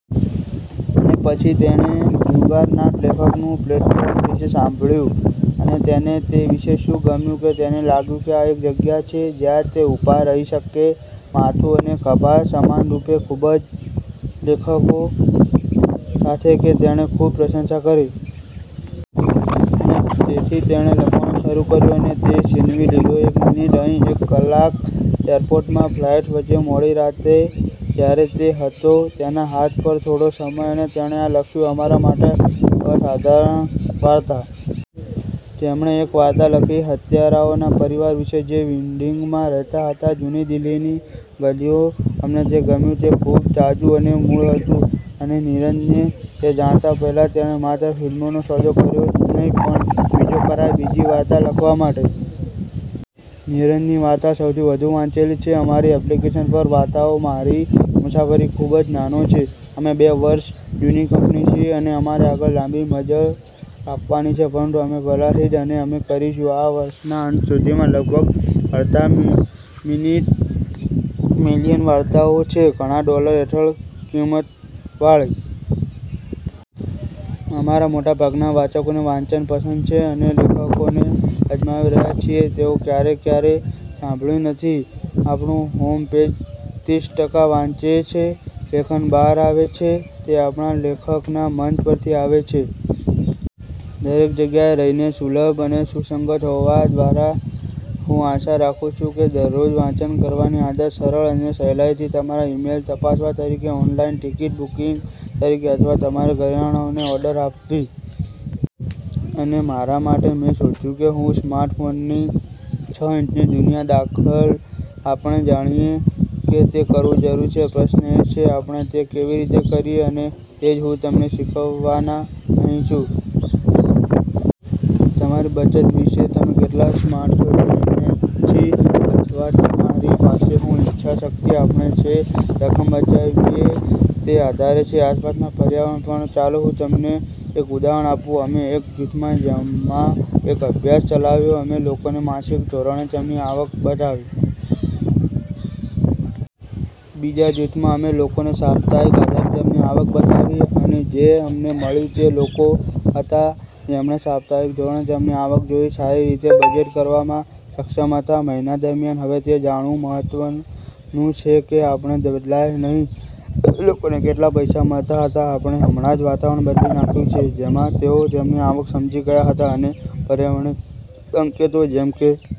અને પછી તેણે જુગારનાટ લેખકનું પ્લેટફોર્મ વિશે સાંભળ્યું. અને તેને તે વિશે શું ગમ્યું કે તેને લાગ્યું કે આ એક જગ્યા છે જ્યાં તે ઉભા રહી શકે માથું અને ખભા, સમાનરૂપે, ખૂબ જ લેખકો સાથે કે તેણે ખૂબ પ્રશંસા કરી. અને તેથી તેણે લખવાનું શરૂ કર્યું. અને તે છીનવી લીધો એક મિનિટ અહીં, એક કલાક, એરપોર્ટમાં ફ્લાઇટ્સ વચ્ચે, મોડી રાત્રે, જ્યારે તે હતો તેના હાથ પર થોડો સમય. અને તેણે આ લખ્યું અમારા માટે અસાધારણ વાર્તા. તેમણે એક વાર્તા લખી હત્યારાઓના પરિવાર વિશે જે વિન્ડિંગમાં રહેતા હતા જૂની દિલ્હીની ગલીઓ. અમને તે ગમ્યું, તે ખૂબ તાજું અને મૂળ હતું. અને નીરજને તે જાણતા પહેલા, તેણે માત્ર ફિલ્મનો સોદો કર્યો જ નહીં પણ બીજો કરાર બીજી વાર્તા લખવા માટે. નીરજની વાર્તા સૌથી વધુ વાંચેલી છે અમારી એપ્લિકેશન પર વાર્તાઓ. મારી મુસાફરી ખૂબ જ નાનો છે. અમે બે વર્ષ જૂની કંપની છીએ, અને અમારે આગળ લાંબી મજલ કાપવાની છે. પરંતુ અમે પહેલાથી જ, અને અમે કરીશું આ વર્ષના અંત સુધીમાં, લગભગ અડધા મિલિયન વાર્તાઓ છે, ઘણા ડોલર હેઠળ કિંમતવાળી. અમારા મોટાભાગના વાચકોને વાંચન પસંદ છે અને લેખકોને અજમાવી રહ્યા છીએ તેઓ ક્યારેય ક્યારેય સાંભળ્યું નથી. આપણું હોમ પેજ ત્રીસ ટકા વાંચે છે લેખન બહાર આવે છે તે આપણા લેખકના મંચ પરથી આવે છે. દરેક જગ્યાએ રહીને, સુલભ અને સુસંગત હોવા દ્વારા, હું આશા રાખું છું કે દરરોજ વાંચન કરવાની આદત, સરળ અને સહેલાઇથી તમારા ઇમેઇલ તપાસવા તરીકે, ઓનલાઇન ટિકિટ બુકિંગ તરીકે અથવા તમારી કરિયાણાઓને ઓર્ડર આપતી અને મારા માટે, મે શોધ્યું કે હું સ્માર્ટફોનની છ ઇંચની દુનિયા દાખલ। આપણે જાણીએ કે તે કરવું જરૂરી છે. પ્રશ્ન એ છે: આપણે તે કેવી રીતે કરીએ? અને તેજ હું તમને શીખવવાના અહીં છું. તમારી બચત વિશે તમે કેટલા સ્માર્ટ છો તેનથી અથવા તમારી પાસે શું ઈચ્છાશક્તિ આપણે જે રકમ બચાવીએ, તે આધાર છે આસપાસના પર્યાવરણ પર. ચાલો હું તમને એક ઉદાહરણ આપું. અમે એક જૂથમાં જેમાં એક અભ્યાસ ચલાવ્યો, અમે લોકોને માસિક ધોરણે તેમની આવક બતાવી. બીજા જૂથમાં, અમે લોકોને સાપ્તાહિક આધારે તેમની આવક બતાવી. અને જે અમને મળ્યું તે તે લોકો હતા જેમણે સાપ્તાહિક ધોરણે તેમની આવક જોઇ સારી રીતે બજેટ કરવામાં સક્ષમ હતા મહિના દરમ્યાન. હવે, તે જાણવું મહત્વ નુછે કે આપણે બદલાયા નહીં લોકોને કેટલા પૈસા મળતા હતા, આપણે હમણાં જ વાતાવરણ બદલી નાખ્યું છે જેમાં તેઓ તેમની આવક સમજી ગયા હતા. અને પર્યાવરણીય સંકેતો જેમ કે